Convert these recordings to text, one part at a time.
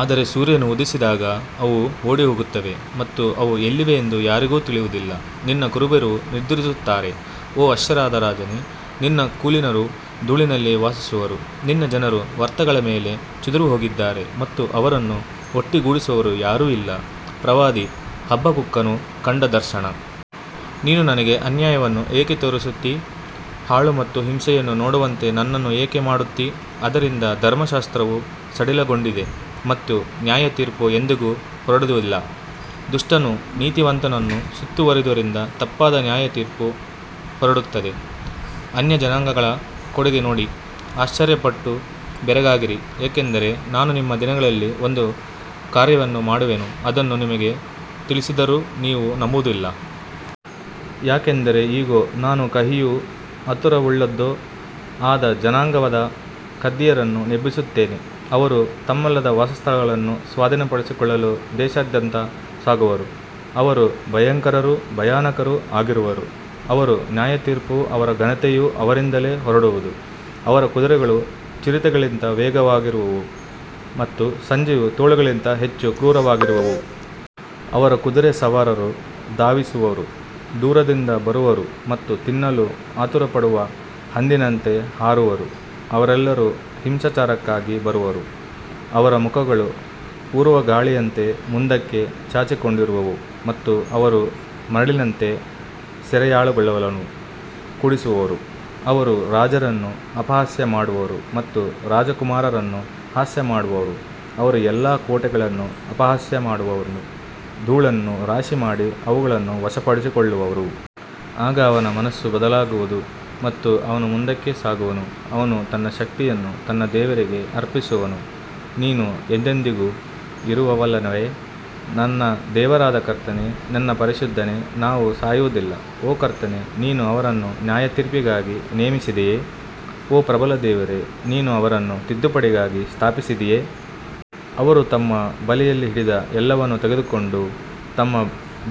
ಆದರೆ ಸೂರ್ಯನು ಉದಯಿಸಿದಾಗ ಅವು ಓಡಿಹೋಗುತ್ತವೆ ಮತ್ತು ಅವು ಎಲ್ಲಿವೆ ಎಂದು ಯಾರಿಗೂ ತಿಳಿಯುವುದಿಲ್ಲ. ನಿನ್ನ ಕುರುಬರು ನಿದ್ರಿಸುತ್ತಾರೆ, ಓ ಅಶ್ಶೂರದ ರಾಜನೇ, ನಿನ್ನ ಕುಲೀನರು ಧೂಳಿನಲ್ಲಿ ವಾಸಿಸುವರು. ನಿನ್ನ ಜನರು ಪರ್ವತಗಳ ಮೇಲೆ ಚದುರಿಹೋಗಿದ್ದಾರೆ ಮತ್ತು ಅವರನ್ನು ಒಟ್ಟುಗೂಡಿಸುವವರು ಯಾರೂ ಇಲ್ಲ. ಪ್ರವಾದಿ ಹಬಕ್ಕೂಕನು ಕಂಡ ದರ್ಶನ. ನೀನು ನನಗೆ ಅನ್ಯಾಯವನ್ನು ಏಕೆ ತೋರಿಸುತ್ತೀ? ಹಾಳು ಮತ್ತು ಹಿಂಸೆಯನ್ನು ನೋಡುವಂತೆ ನನ್ನನ್ನು ಏಕೆ ಮಾಡುತ್ತೀ? ಆದ್ದರಿಂದ ಧರ್ಮಶಾಸ್ತ್ರವು ಸಡಿಲಗೊಂಡಿದೆ ಮತ್ತು ನ್ಯಾಯತೀರ್ಪು ಎಂದಿಗೂ ಹೊರಡುವುದಿಲ್ಲ. ದುಷ್ಟನು ನೀತಿವಂತನನ್ನು ಸುತ್ತುವರಿಯುವುದರಿಂದ ತಪ್ಪಾದ ನ್ಯಾಯತೀರ್ಪು ಹೊರಡುತ್ತದೆ. ಅನ್ಯಜನಾಂಗಗಳ ಕಡೆಗೆ ನೋಡಿ, ಆಶ್ಚರ್ಯಪಟ್ಟು ಬೆರಗಾಗಿರಿ, ಏಕೆಂದರೆ ನಾನು ನಿಮ್ಮ ದಿನಗಳಲ್ಲಿ ಒಂದು ಕಾರ್ಯವನ್ನು ಮಾಡುವೆನು, ಅದನ್ನು ನಿಮಗೆ ತಿಳಿಸಿದರೂ ನೀವು ನಂಬುವುದಿಲ್ಲ. ಯಾಕಂದರೆ ಇಗೋ, ನಾನು ಕಹಿಯೂ ಆತುರವುಳ್ಳದ್ದೂ ಆದ ಜನಾಂಗವಾದ ಕಸ್ದೀಯರನ್ನು ಎಬ್ಬಿಸುತ್ತೇನೆ. ಅವರು ತಮ್ಮದಲ್ಲದ ವಾಸಸ್ಥಳಗಳನ್ನು ಸ್ವಾಧೀನಪಡಿಸಿಕೊಳ್ಳಲು ದೇಶದಾದ್ಯಂತ ಸಾಗುವರು. ಅವರು ಭಯಂಕರರೂ ಭಯಾನಕರೂ ಆಗಿರುವರು. ಅವರ ನ್ಯಾಯತೀರ್ಪೂ ಅವರ ಘನತೆಯೂ ಅವರಿಂದಲೇ ಹೊರಡುವುದು. ಅವರ ಕುದುರೆಗಳು ಚಿರತೆಗಳಿಗಿಂತ ವೇಗವಾಗಿರುವವು ಮತ್ತು ಸಂಜೆಯ ತೋಳಗಳಿಗಿಂತ ಹೆಚ್ಚು ಕ್ರೂರವಾಗಿರುವವು. ಅವರ ಕುದುರೆ ಸವಾರರು ಧಾವಿಸುವರು, ದೂರದಿಂದ ಬರುವರು ಮತ್ತು ತಿನ್ನಲು ಆತುರಪಡುವ ಹದ್ದಿನಂತೆ ಹಾರುವರು. ಅವರೆಲ್ಲರೂ ಹಿಂಸಾಚಾರಕ್ಕಾಗಿ ಬರುವರು. ಅವರ ಮುಖಗಳು ಪೂರ್ವಗಾಳಿಯಂತೆ ಮುಂದಕ್ಕೆ ಚಾಚಿಕೊಂಡಿರುವವು ಮತ್ತು ಅವರು ಮರಳಿನಂತೆ ಸೆರೆಯಾಳುಗಳನ್ನು ಕೂಡಿಸುವರು. ಅವರು ರಾಜರನ್ನು ಅಪಹಾಸ್ಯ ಮಾಡುವರು ಮತ್ತು ರಾಜಕುಮಾರರನ್ನು ಹಾಸ್ಯ ಮಾಡುವರು. ಅವರು ಎಲ್ಲಾ ಕೋಟೆಗಳನ್ನು ಅಪಹಾಸ್ಯ ಮಾಡುವರು, ಧೂಳನ್ನು ರಾಶಿಮಾಡಿ ಅವುಗಳನ್ನು ವಶಪಡಿಸಿಕೊಳ್ಳುವರು. ಆಗ ಅವನ ಮನಸ್ಸು ಬದಲಾಗುವುದು ಮತ್ತು ಅವನು ಮುಂದಕ್ಕೆ ಸಾಗುವನು. ಅವನು ತನ್ನ ಶಕ್ತಿಯನ್ನು ತನ್ನ ದೇವರಿಗೆ ಅರ್ಪಿಸುವನು. ನೀನು ಎಂದೆಂದಿಗೂ ಇರುವವನಲ್ಲವೇ, ನನ್ನ ದೇವರಾದ ಕರ್ತನೇ, ನನ್ನ ಪರಿಶುದ್ಧನೇ? ನಾವು ಸಾಯುವುದಿಲ್ಲ. ಓ ಕರ್ತನೇ, ನೀನು ಅವರನ್ನು ನ್ಯಾಯತೀರ್ಪಿಗಾಗಿ ನೇಮಿಸಿದ್ದೀಯೆ. ಓ ಪ್ರಬಲ ದೇವರೇ, ನೀನು ಅವರನ್ನು ತಿದ್ದುಪಡಿಗಾಗಿ ಸ್ಥಾಪಿಸಿದ್ದೀಯೆ. ಅವರು ತಮ್ಮ ಬಲೆಯಲ್ಲಿ ಹಿಡಿದ ಎಲ್ಲವನ್ನೂ ತೆಗೆದುಕೊಂಡು ತಮ್ಮ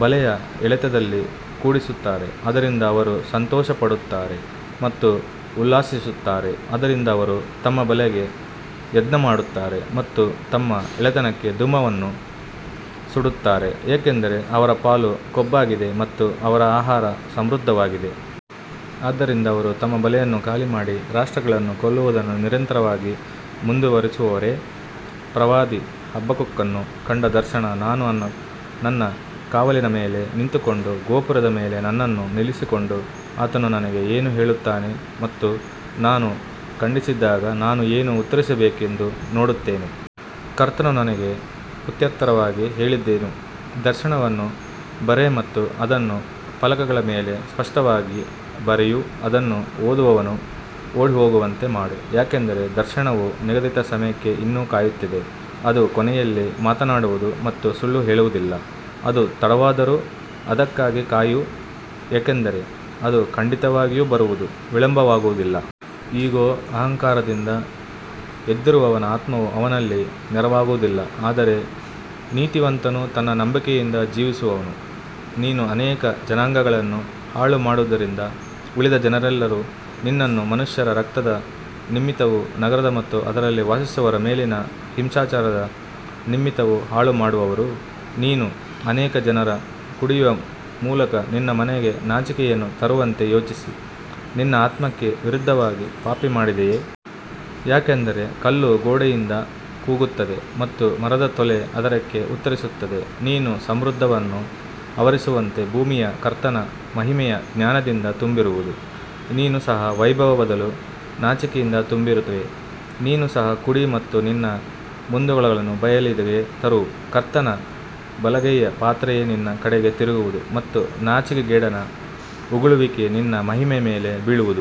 ಬಲೆಯ ಎಳೆತದಲ್ಲಿ ಕೂಡಿಸುತ್ತಾರೆ. ಆದ್ದರಿಂದ ಅವರು ಸಂತೋಷಪಡುತ್ತಾರೆ ಮತ್ತು ಉಲ್ಲಾಸಿಸುತ್ತಾರೆ. ಆದುದರಿಂದ ಅವರು ತಮ್ಮ ಬಲೆಗೆ ಯಜ್ಞಮಾಡುತ್ತಾರೆ ಮತ್ತು ತಮ್ಮ ಎಳೆತಕ್ಕೆ ಧೂಪವನ್ನು ಸುಡುತ್ತಾರೆ, ಏಕೆಂದರೆ ಅವರ ಪಾಲು ಕೊಬ್ಬಾಗಿದೆ ಮತ್ತು ಅವರ ಆಹಾರ ಸಮೃದ್ಧವಾಗಿದೆ. ಆದ್ದರಿಂದ ಅವರು ತಮ್ಮ ಬಲೆಯನ್ನು ಖಾಲಿಮಾಡಿ, ರಾಷ್ಟ್ರಗಳನ್ನು ಕೊಲ್ಲುವುದನ್ನು ನಿರಂತರವಾಗಿ ಮುಂದುವರಿಸುವರೇ? ಪ್ರವಾದಿ ಹಬಕ್ಕೂಕನು ಕಂಡ ದರ್ಶನ. ನಾನು ನನ್ನ ಕಾವಲಿನ ಮೇಲೆ ನಿಂತುಕೊಂಡು ಗೋಪುರದ ಮೇಲೆ ನನ್ನನ್ನು ನಿಲ್ಲಿಸಿಕೊಂಡು, ಆತನು ನನಗೆ ಏನು ಹೇಳುತ್ತಾನೆ ಮತ್ತು ನಾನು ಖಂಡಿಸಿದಾಗ ನಾನು ಏನು ಉತ್ತರಿಸಬೇಕೆಂದು ನೋಡುತ್ತೇನೆ. ಕರ್ತನು ನನಗೆ ಪ್ರತ್ಯುತ್ತರವಾಗಿ ಹೇಳಿದನು, ದರ್ಶನವನ್ನು ಬರೆ ಮತ್ತು ಅದನ್ನು ಫಲಕಗಳ ಮೇಲೆ ಸ್ಪಷ್ಟವಾಗಿ ಬರೆಯು, ಅದನ್ನು ಓದುವವನು ಓಡಿಹೋಗುವಂತೆ ಮಾಡು. ಯಾಕಂದರೆ ದರ್ಶನವು ನಿಗದಿತ ಸಮಯಕ್ಕೆ ಇನ್ನೂ ಕಾಯುತ್ತಿದೆ. ಅದು ಕೊನೆಯಲ್ಲಿ ಮಾತನಾಡುವುದು ಮತ್ತು ಸುಳ್ಳು ಹೇಳುವುದಿಲ್ಲ. ಅದು ತಡವಾದರೂ ಅದಕ್ಕಾಗಿ ಕಾಯು, ಏಕೆಂದರೆ ಅದು ಖಂಡಿತವಾಗಿಯೂ ಬರುವುದು, ವಿಳಂಬವಾಗುವುದಿಲ್ಲ. ಇಗೋ, ಅಹಂಕಾರದಿಂದ ಎದ್ದಿರುವವನ ಆತ್ಮವು ಅವನಲ್ಲಿ ನೇರವಾಗಿರುವುದಿಲ್ಲ, ಆದರೆ ನೀತಿವಂತನು ತನ್ನ ನಂಬಿಕೆಯಿಂದ ಜೀವಿಸುವನು. ನೀನು ಅನೇಕ ಜನಾಂಗಗಳನ್ನು ಹಾಳುಮಾಡಿದ್ದರಿಂದ, ಉಳಿದ ಜನರೆಲ್ಲರೂ ನಿನ್ನನ್ನು ಮನುಷ್ಯರ ರಕ್ತದ ನಿಮಿತ್ತವೂ, ನಗರದ ಮತ್ತು ಅದರಲ್ಲಿ ವಾಸಿಸುವವರ ಮೇಲಿನ ಹಿಂಸಾಚಾರದ ನಿಮಿತ್ತವೂ ಹಾಳುಮಾಡುವರು. ನೀನು ಅನೇಕ ಜನರನ್ನು ಕಡಿಯುವ ಮೂಲಕ ನಿನ್ನ ಮನೆಗೆ ನಾಚಿಕೆಯನ್ನು ತರುವಂತೆ ಯೋಚಿಸಿ, ನಿನ್ನ ಆತ್ಮಕ್ಕೆ ವಿರುದ್ಧವಾಗಿ ಪಾಪಮಾಡಿದ್ದೀಯೆ. ಯಾಕಂದರೆ ಕಲ್ಲು ಗೋಡೆಯಿಂದ ಕೂಗುತ್ತದೆ ಮತ್ತು ಮರದ ತೊಲೆ ಅದಕ್ಕೆ ಉತ್ತರಿಸುತ್ತದೆ. ನೀರು ಸಮುದ್ರವನ್ನು ಆವರಿಸಿರುವಂತೆ ಭೂಮಿಯು ಕರ್ತನ ಮಹಿಮೆಯ ಜ್ಞಾನದಿಂದ ತುಂಬಿರುವುದು. ನೀನೂ ಸಹ ವೈಭವದ ಬದಲು ನಾಚಿಕೆಯಿಂದ ತುಂಬಿರುವೆ. ನೀನು ಸಹ ಕುಡಿ ಮತ್ತು ನಿನ್ನ ಮುಂದೊಗಲನ್ನು ಬಯಲಿಗೆ ತರು. ಕರ್ತನ ಬಲಗೈಯ ಪಾತ್ರೆಯು ನಿನ್ನ ಕಡೆಗೆ ತಿರುಗುವುದು ಮತ್ತು ನಾಚಿಕೆಗೇಡಿನ ಉಗುಳುವಿಕೆ ನಿನ್ನ ಮಹಿಮೆಯ ಮೇಲೆ ಬೀಳುವುದು.